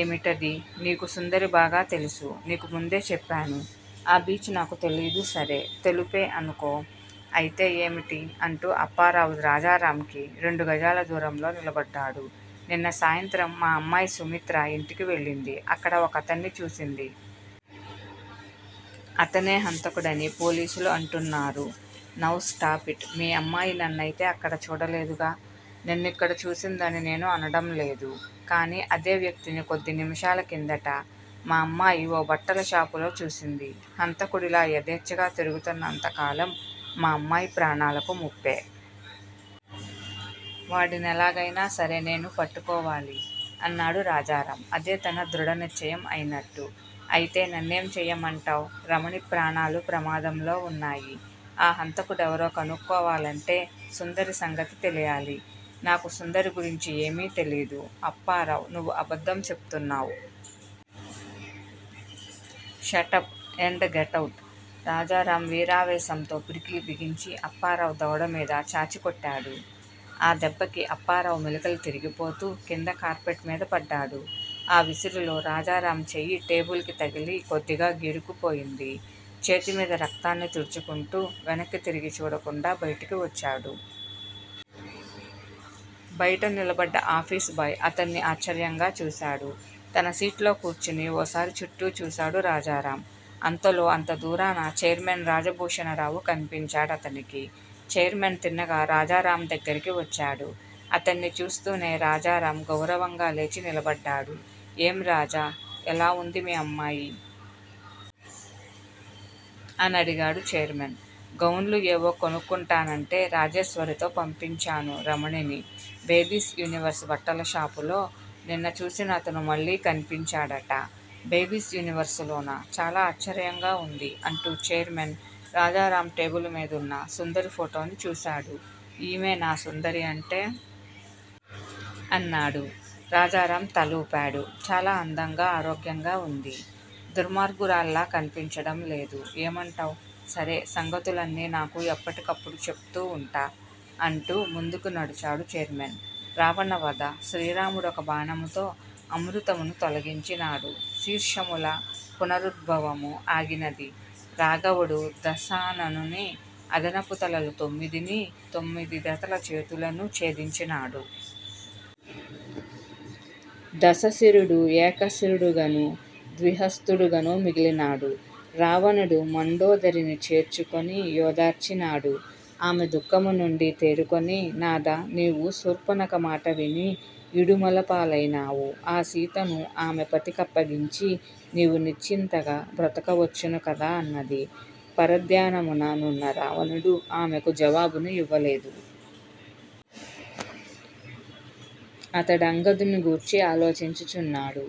ఏమిటది? నీకు సుందరి బాగా తెలుసు! నీకు ముందే చెప్పాను. ఆ బీచ్ నాకు తెలీదు సరే! తెలుపే అనుకో అయితే ఏమిటి? అంటూ అప్పారావు రాజారామ్ కి రెండు గజాల దూరంలో నిలబడ్డాడు. నిన్న సాయంత్రం మా అమ్మాయి సుమిత్ర ఇంటికి వెళ్ళింది. అక్కడ ఒకతన్ని చూసింది. అతనే హంతకుడని పోలీసులు అంటున్నారు నౌ స్టాపిట్! మీ అమ్మాయి నన్నయితే అక్కడ చూడలేదుగా! నిన్నిక్కడ చూసిందని నేను అనడం లేదు. కాని అదే వ్యక్తిని కొద్ది నిమిషాల కిందట మా అమ్మాయి ఓ బట్టల షాపులో చూసింది. హంతకుడిలా యధేచ్చగా తిరుగుతున్నంత కాలం మా అమ్మాయి ప్రాణాలకు ముప్పే! వాడినెలాగైనా సరే నేను పట్టుకోవాలి! అన్నాడు రాజారామ్ అదే తన దృఢ నిశ్చయం అయినట్టు. అయితే నన్నేం చెయ్యమంటావ్? రమణి ప్రాణాలు ప్రమాదంలో ఉన్నాయి. ఆ హంతకుడెవరో కనుక్కోవాలంటే సుందరి సంగతి తెలియాలి! నాకు సుందరి గురించి ఏమీ తెలీదు అప్పారావ్ నువ్వు అబద్దం చెప్తున్నావ్! Shut up and get out! రాజారామ్ వీరావేశంతో పిడికిలి బిగించి అప్పారావు దవడ మీద చాచి కొట్టాడు. ఆ దెబ్బకి అప్పారావు మెలికలు తిరిగిపోతూ కింద కార్పెట్ మీద పడ్డాడు. ఆ విసురులో రాజారామ్ చెయ్యి టేబిలుకి తగిలి కొద్దిగా గీరుకుపోయింది. చేతిమీద రక్తాన్ని తుడుచుకుంటూ వెనక్కి తిరిగిచూడకుండా బయటికి వచ్చాడు. బయట నిలబడ్డ ఆఫీసు బాయ్ అతన్ని ఆశ్చర్యంగా చూశాడు. తన సీట్లో కూర్చుని ఓ సారి చుట్టూ చూశాడు రాజారామ్. అంతలో అంత దూరాన చైర్మన్ రాజభూషణరావు కన్పించాడతనికి. చైర్మన్ తిన్నగా రాజారామ్ దగ్గరికి వచ్చాడు. అతన్ని చూస్తూనే రాజారామ్ గౌరవంగా లేచి నిలబడ్డాడు. ఏం రాజా, ఎలా ఉంది మీ అమ్మాయి? అనడిగాడు చైర్మన్. గౌన్లు ఏవో కొనుక్కుంటానంటే రాజేశ్వరితో పంపించాను రమణిని. 'బేబీస్ యూనివర్స్' బట్టల షాపులో నిన చూసినతను మళ్ళీ కన్పించాడట! బేబీస్ యూనివర్స్ లోనా? చాలా ఆశ్చర్యంగా ఉంది. అంటూ చైర్మన్ రాజారామ్ టేబిలు మీదున్న సుందరి ఫోటోని చూశాడు. ఈమేనా సుందరి అంటే? అన్నాడు. రాజారామ్ తలూపాడు. చాలా అందంగా ఆరోగ్యంగా ఉంది. దుర్మార్గురాల్లా కన్పించడం లేదు. ఏమంటావ్? సరే సంగతులన్నీ నాకు ఎప్పటికప్పుడు చెప్తూ ఉంట. అంటూ ముందుకి నడిచాడు చైర్మన్. రావణ వధ శ్రీరాముడొక బాణముతో అమృతమును తొలగించినాడు. శీర్షముల పునరుద్భవము ఆగినది. రాఘవుడు దశాననుని అదనపు తలలు తొమ్మిదినీ, తొమ్మిది జతల చేతులనూ ఛేదించినాడు. దశ శిరుడు ఏకశిరుడుగను ద్విహస్తుడుగను మిగిలినాడు. రావణుడు మండోదరిని చేర్చుకొని యోదార్చినాడు. ఆమె దుఃఖము నుండి తేరుకొని నాథా, నీవు శూర్పనఖ మాట విని ఇడుమల పాలైనావు. ఆ సీతను ఆమె పతి కప్పగించి నీవు నిశ్చింతగా బ్రతుకవచ్చును కదా? అన్నది. పరధ్యానమున నున్న రావణుడు ఆమెకు జవాబును ఇవ్వలేదు. అతడంగదుని గూర్చి ఆలోచించుచున్నాడు.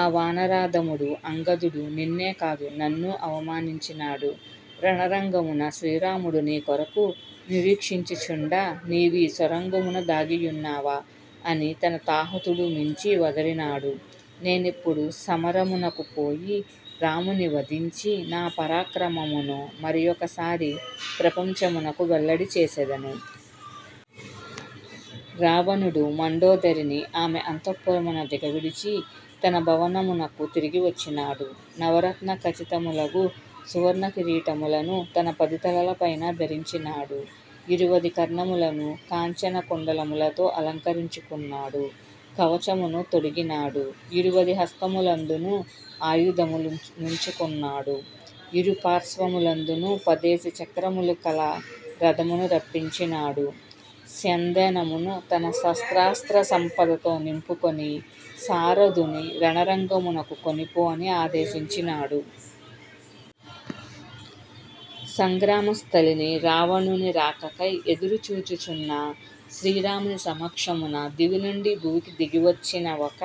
ఆ వానరాధముడు అంగదుడు నిన్నేకాదు నన్నూ అవమానించినాడు. 'రణరంగమున శ్రీరాముడు నీకొరకు నిరీక్షించుచుండ నీవీ సొరంగమున దాగియున్నావా? ' అని తన తాహతుడు మించి వదరినాడు! నేనిప్పుడు సమరమునకు పోయి రాముని వధించి నా పరాక్రమమును మరియొకసారి ప్రపంచమునకు వెల్లడి చేసెదను. రావణుడు మండోదరిని ఆమె అంతఃపురమున దిగవిడిచి తన భవనమునకు తిరిగి వచ్చినాడు. నవరత్న ఖచితములగు సువర్ణ కిరీటములను తన పది తలలపైన ధరించినాడు. ఇరువది కర్ణములను కాంచన కుండలములతో అలంకరించుకొన్నాడు. కవచమును తొడిగినాడు. ఇరువది హస్తములందును ఆయుధముల నుంచుకొన్నాడు ఇరు పార్శ్వములందును పదేసి చక్రములు కల రథమును రప్పించినాడు స్యందనమును తన శస్త్రాస్త్ర సంపదతో నింపుకొని సారథుని రణరంగమునకు కొనిపో అని ఆదేశించినాడు. సంగ్రామస్థలిని రావణుని రాకకై ఎదురుచూచుచున్న శ్రీరాముని సమక్షమున దివి నుండి భువికి దిగివచ్చిన ఒక